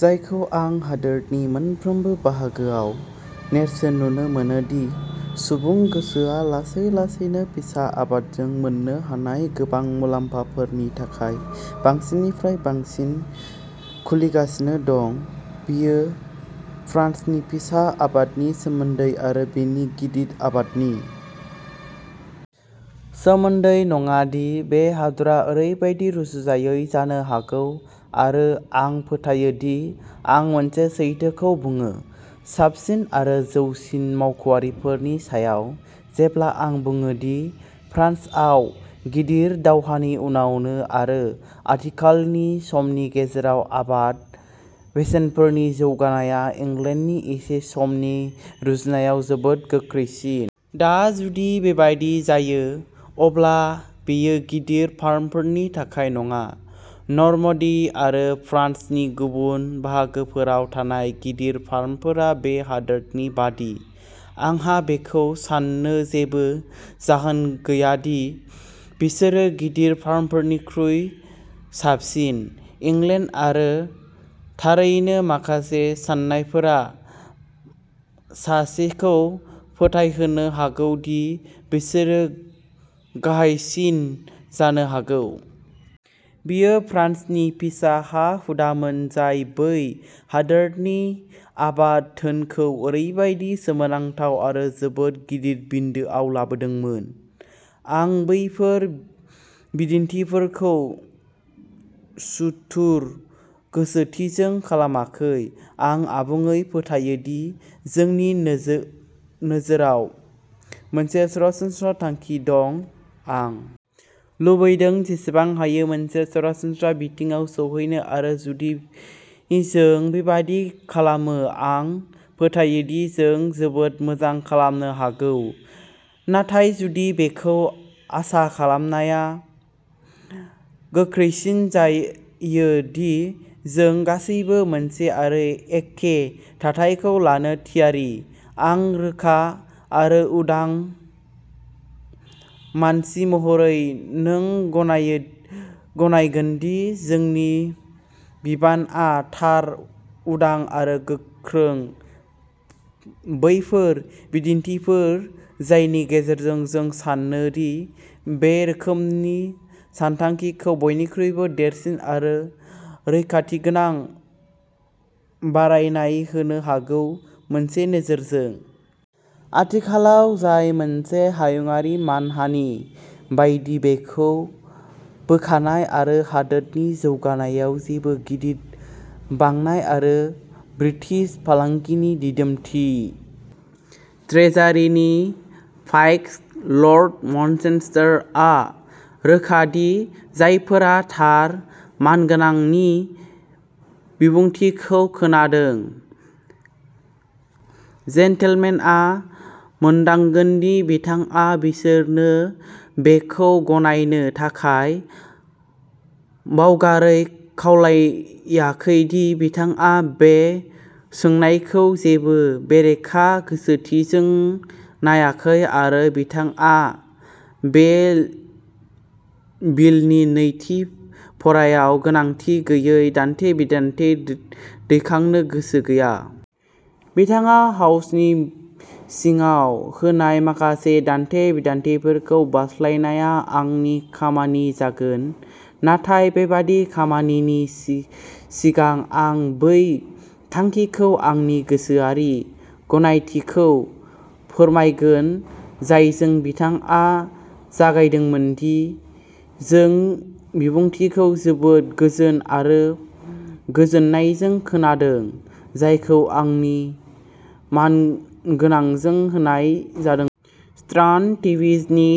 जायखौ आं हादोरनि मोनफ्रोमबो बाहागोआव नेरसोन नुनो मोनो दि सुबुं गोसोआ लासै लासैनो फिसा आबादजों मोननो हानाय गोबां मुलाम्फाफोरनि थाखाय बांसिननिफ्राय बांसिन खुलिगासिनो दं। बेयो फ्रान्सनि फिसा आबादनि सोमोन्दै आरो बेनि गिदिर आबादनि सोमोन्दै नङा, दि बे हादरा ओरैबायदि रुजुजायै जानो हागौ आरो आं फोथायो दि आं मोनसे सैथोखौ बुङो, साबसिन आरो जौसिन मावख'आरिफोरनि सायाव, जेब्ला आं बुङो दि फ्रान्सआव, गिदिर दावहानि उनावनो आरो आथिखालनि समनि गेजेराव आबाद बेसेनफोरनि जौगाया इंलेन्डनि एखे समनि रुजुनायाव जोबोद गोख्रैसिन। दा, जुदि बेबादि जायो, अब्ला बेयो गिदिर फार्मफोरनि थाखाय नङा। नर्मडी आरो फ्रान्सनि गुबुन बाहागोफोराव थानाय गिदिर फार्मफोरा बे हादोरनि बायदि। आंहा बेखौ सान्नो जेबो जाहोन गैया दि बिसोरो गिदिर फार्मफोरनिख्रुइ साबसिन। इंलेन्ड आरो थारैनो माखासे सान्नायफोरा सासेखौ फोथायहोनो हागौ दि बिसोर गाहायसिन जानो हागौ। बेयो फ्रान्सनि फिसा हा-हुदामोन जाय बै हादोरनि आबाद धोनखौ ओरैबायदि सोमोनांथाव आरो जोबोद गिदिर बिन्दोआव लाबोदोंमोन। आं बेफोर बिदिन्थिफोरखौ सुथुर गोसोथिजों खालामाखै। आं आबुङै फोथायो दि जोंनि नोजोराव मोनसे सरासनस्रा थांखि दं। आं लुबैदों जेसेबां हायो मोनसे सरासनस्रा बिथायाव सौहैनो आरो जुदि जों बेबादि खालामो आं फोथायो दि जों जोबोद मोजां खालामनो हागौ; नाथाय जुदि बेखौ आसा खालामनाया गोख्रैसिन जायो दि जों गासैबो मोनसे आरो एखे थाथायखौ लानो थियारि, आं रोखा आरो उदां मानसि महरै नों गनायगोनदि जोंनि बिबानआ थार, उदां आरो गोख्रों बैफोर बिन्दोफोर जायनि गेजेरजों जों सानो दि बे रोखोमनि सानथांखिखौ बयनिख्रुइ देरसिन आरो रैखाथिगोनां बारायनाय होनो हागौ, मोनसे नोजोरजों। आथिखालाव जाय मोनसे हायुंआरि मानहानि बायदि बेखौ बोखारनाय आरो हादोरनि जौगानायाव जोबोद गिदिर बांनाय आरो ब्रिटिश फालांगिनि दिदोमथि। ट्रेजारि नि फाइसटस लर्ड मनचेस्टार, आं रोखा दि जायफोरा थार मानगोनां नि बिबुंथिखौ खोनादों। जेन्टलमेनआ मोनदांगोन दि बिथाङा बिसोरनो बेखौ गनायनो थाखाय बावगारै खावलायाखै दि बिथाङा बे सोंनायखौ जेबो बेरेखा गोसोथिजों नायाखै, आरो बिथाङा बे बिलनि नैथि फरायनायाव गोनांथि गैयै दान्थे-बिदान्थे दैखांनो गोसो गैया। बिथाङा हाउसनि सिगाङाव होनाय माखासे दान्थे-बिदान्थेफोरखौ बारस्लायनाया आंनि खामानि जागोन; नाथाय बेबादि खामानिनि सिगां, आं बै थांखिजों आंनि गोसोआरि गनायथिखौ फोरमायगोन जायजों बिथाङा जागायदोंमोनदि जों बिबुंथिखौ जोबोद गोजोन आरो गोजोननायजों खोनादों। जायखौ आंनि मानगोनांजों होनाय जादोंमोन। स्ट्रान्ड डिभिज'ननि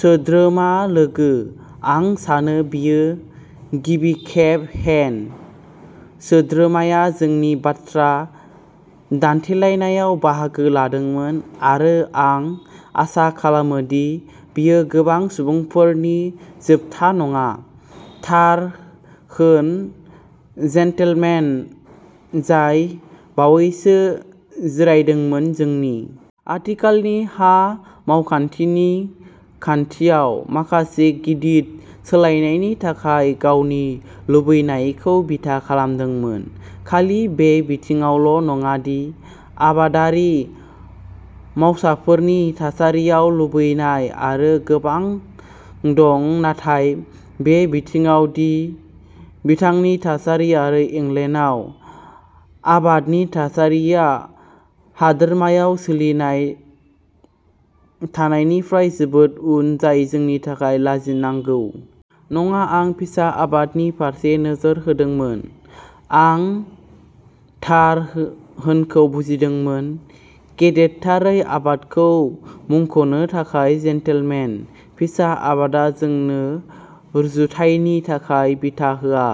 सोद्रोमा लोगो। आं सानो बेयो गिबि खेब हेन. सोद्रोमाया जोंनि बाथ्रा दान्थेलायनायाव बाहागो लादोंमोन, आरो आं आसा खालामो दि बेयो गोबां सुबुंफोरनि जोबथा नङा। थार होन जेन्टेलमेन, जाय बावैसो जिरायदोंमोन, जोंनि आथिखालनि हा मावखान्थिनि खान्थियाव माखासे गिदिर सोलायनायनि थाखाय गावनि लुबैनायखौ बिथा खालामदोंमोन, खालि बे बिथिंयावल' नङा दि आबादारि मावसाफोरनि थासारिया लुबैनो थाखाय गोबां दं, नाथाय बे बिथिंयाव दि बिथांनि थासारि आरो इंलेन्डआव आबादनि थासारिया हादोरमायाव सोलिबाय थानायनिफ्राय जोबोद उन, जाय जोंनि थाखाय लाजिनांगौ। नङा आं फिसा आबादनि फारसे नोजोर होदोंमोन। आं थार होनखौ बुजिदोंमोन। गेदेरथारै आबादखौ मुंख'नो थाखाय जेनटेलमेन। फिसा आबादा जोंनो रुजुथायनि थाखाय बिथा होआ।